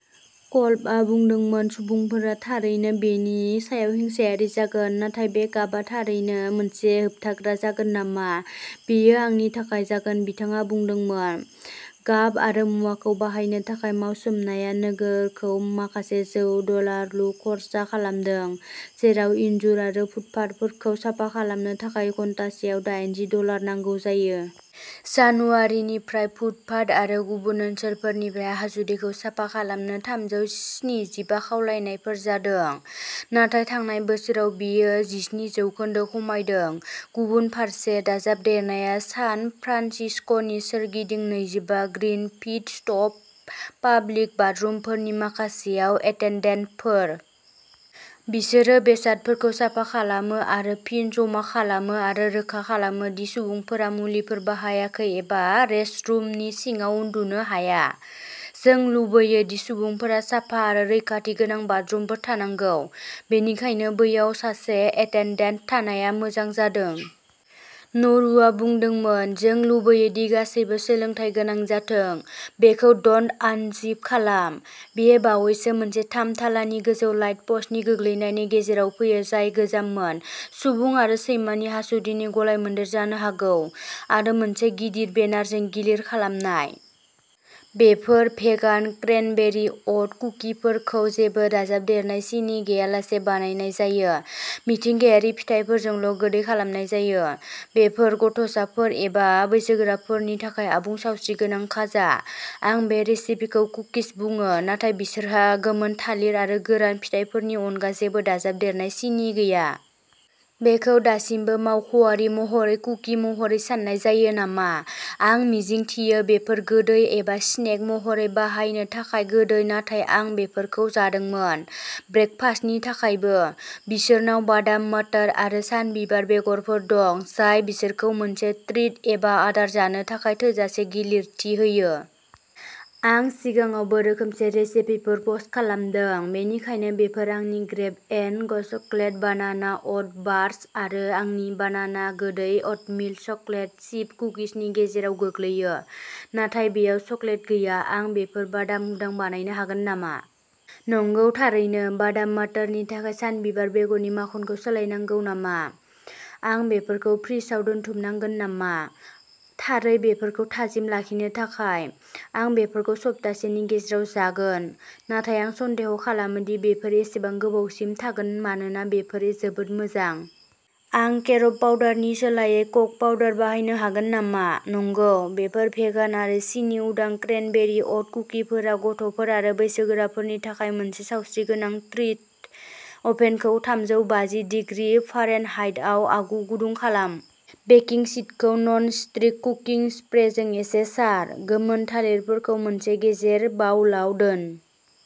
कल्बआ बुंदोंमोन, सुबुंफोरा थारैनो बेनि सायाव हिंसायारि जागोन, नाथाय बे गाबआ थारैनो मोनसे होबथाग्रा जागोन नामा? बेयो आंनि थाखाय जागोन, बिथाङा बुंदोंमोन। गाब आरो मुवाखौ बाहायनो थाखाय मावसोमनाया नोगोरखौ माखासे जौ डलारल' खर्सा खालामदों, जेराव इनजुर आरो फुटपाथफोरखौ साफा खालामनो थाखाय घन्टासेआव दायनजि डलार नांगौ जायो। जानुवारिनिफ्राय, फुटपाथ आरो गुबुन ओनसोलफोरनिफ्राय हासुदैखौ साफा खालामनो थामजौ स्निजिबा खावलायनायफोर जादों। नाथाय थांनाय बोसोराव बेयो जिस्नि जौखोन्दो खमायदों। गुबुन फारसे दाजाबदेरनाया सान फ्रान्सिस्क'नि सोरगिदिं नैजिबा ग्रीन पिट स्टप पाब्लिक बाथरुमफोरनि माखासेयाव एटेन्डेन्टफोर। बिसोरो बेसादफोरखौ साफा खालामो आरो फिन जमा खालामो आरो रोखा खालामो दि सुबुंफोरा मुलिफोर बाहायाखै एबा रेस्टरुमनि सिङाव उन्दुनो हाया। जों लुबैयो दि सुबुंफोरा साफा आरो रैखाथि गोनां बाथरुमफोर थानांगौ, बेनिखायनो बैयाव सासे एटेन्डेन्ट थानाया मोजां जादों। नुरुआ बुंदोंमोन, जों लुबैयो दि गासैबो सोलोंथाय गोनां जाथों। बेखौ दन्ट आनजिप खालाम। बेयो बावैसो मोनसे थाम थालानि गोजौ लाइट पस्टनि गोग्लैनायनि गेजेराव फैयो, जाय गोजाममोन, सुबुं आरो सैमानि हासुदैनि गलायमोन्देर जानो हागौ, आरो मोनसे गिदिर बेनारजों गिलिर खालामनाय। बेफोर भेगान क्रेनबेरि अ'ट कुकिफोरखौ जेबो दाजाबदेरनाय सिनि गैयालासे बानायनाय जायो, मिथिंगायारि फिथाइफोरजोंल' गोदै खालामनाय जायो। बेफोर गथ'साफोर एबा बैसोगोराफोरनि थाखाय आबुं सावस्रिगोनां खाजा। आं बे रेसिपिखौ कुकिज बुङो, नाथाय बिसोरहा गोमोन थालिर आरो गोरान फिथाइफोरनि अनगा जेबो दाजाबदेरनाय सिनि गैया। बेखौ दासिमबो मावख'आरि महरै कुकि महरै सान्नाय जायो नामा? आं मिजिंथियो बेफोर गोदै एबा स्नेक महरै बाहायनो थाखाय गोदै, नाथाय आं बेफोरखौ जादोंमोन। ब्रेकफास्टनि थाखायबो। बिसोरनाव बादाम बाटार आरो सानबिबार बेगरफोर दं, जाय बिसोरखौ मोनसे ट्रिट एबा आदार जानो थाखाय थोजासे गिलिरथि होयो। आं सिगाङावबो रोखोमसे रेसिपिफोर पस्ट खालामदों, बेनिखायनो बेफोर आंनि grab n go chocolate banana oat bars आरो आंनि बानाना गोदै अटमिल चकलेट चिप कुकिजनि गेजेराव गोग्लैयो, नाथाय बेयाव चकलेट गैया। आं बेफोर बादाम उदां बानायनो हागोन नामा? नंगौ, थारैनो। बादाम बाटारनि थाखाय सानबिबार बेगरनि माखनखौ सोलायनांगौ नामा? आं बेफोरखौ फ्रिजआव दोनथुमनांगोन नामा? थारै, बेफोरखौ थाजिम लाखिनो थाखाय। आं बेफोरखौ सप्तासेनि गेजेराव जागोन, नाथाय आं सन्देह खालामो दि बेफोर एसेबां गोबावसिम थागोन मानोना बेफोर जोबोद मोजां। आं केरब पाउडारनि सोलायै कक' पाउडार बाहायनो हागोन नामा? नंगौ! बेफोर भेगान आरो सिनि उदां क्रेनबेरि अ'ट कुकिफोरा गथ'फोर आरो बैसोगोराफोरनि थाखाय मोनसे सावस्रिगोनां ट्रिट! अभेनखौ थामजौ बाजि डीग्रि फारेनहाइटआव आगु गुदुं खालाम। बेकिं शीटखौ नन स्टिक कुकिं स्प्रेजों एसे सार। गोमोन थालिरफोरखौ मोनसे गेजेर बाउलआव दोन।